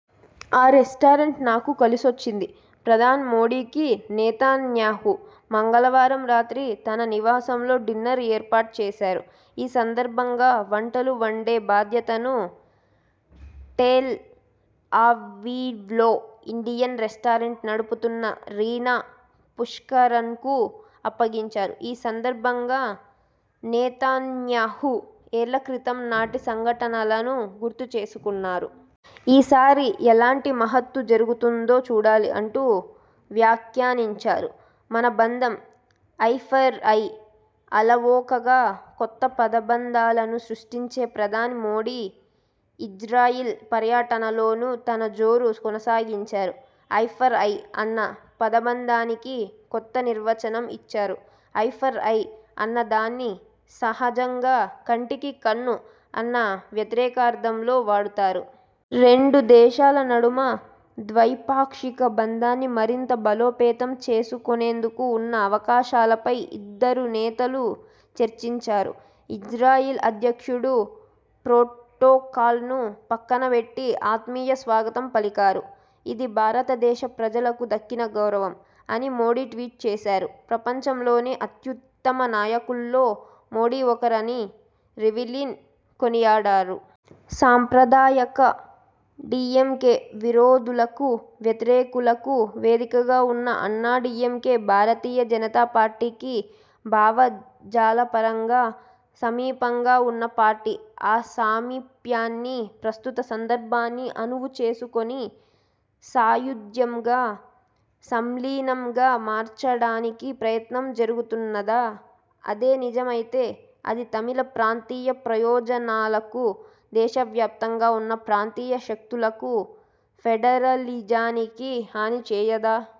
ఆ రెస్టారెంట్ నాకు కలిసొచ్చింది! ప్రధాని మోదీకి నెతన్యాహు మంగళవారం రాత్రి తన నివాసంలో డిన్నర్ ఏర్పాటు చేశారు. ఈ సందర్భంగా వంటలు వండే బాధ్యతను టెల్అవీవ్లో ఇండియన్ రెస్టారెంట్ నడుపుతున్న రీనా పుష్కరణ్కు అప్పగించారు. ఈ సందర్భంగా నెతన్యాహు ఏళ్ల క్రితం నాటి సంఘటలను గుర్తు చేసుకున్నారు. ఈసారి ఎలాంటి మహత్తు జరుగుతుందో చూడాలి' అంటూ వ్యాఖ్యానించారు. మన బంధం 'ఐ ఫర్ ఐ'! అలవోకగా కొత్త పదబంధాలను సృష్టించే ప్రధాని మోదీ ఇజ్రాయెల్ పర్యటనలోనూ తన జోరు కొనసాగించారు. 'ఐ ఫర్ ఐ' అన్న పదబంధానికి కొత్త నిర్వచనం ఇచ్చారు. 'ఐ ఫర్ ఐ' అన్న దాన్ని సహజంగా కంటికి కన్ను అన్న వ్యతిరేకార్థంలో వాడుతారు. రెండుదేశాల నడుమ ద్వైపాక్షిక బంధాన్ని మరింత బలోపేతం చేసుకొనేందుకు ఉన్న అవకాశాలపై ఇద్దరు నేతలు చర్చించారు. 'ఇజ్రాయెల్ అధ్యక్షుడు ప్రొటోకాల్ను పక్కనపెట్టి ఆత్మీయ స్వాగతం పలికారు. ఇది భారతదేశ ప్రజలకు దక్కిన గౌరవం' అని మోదీ ట్వీట్ చేశారు. ప్రపంచంలోనే అత్యుత్తమ నాయకుల్లో మోదీ ఒకరని రివిలిన్ కొనియాడారు. సాంప్రదాయిక డీఎంకే విరోధులకు, వ్యతిరేకులకు వేదికగా ఉన్న అన్నాడీఎంకే, భారతీయ జనతా పార్టీకి భావజాలపరంగా సమీపంగా ఉన్న పార్టీ. ఆ సామీప్యాన్ని, ప్రస్తుత సందర్భాన్ని అనువు చేసుకుని, సాయుజ్యంగా, సంలీనంగా మార్చడానికి ప్రయత్నం జరుగుతున్నదా? అదే నిజమైతే, అది తమిళ ప్రాంతీయ ప్రయోజనాలకు, దేశవ్యాప్తంగా ఉన్న ప్రాంతీయ శక్తులకు, ఫెడరలిజానికి హాని చేయదా?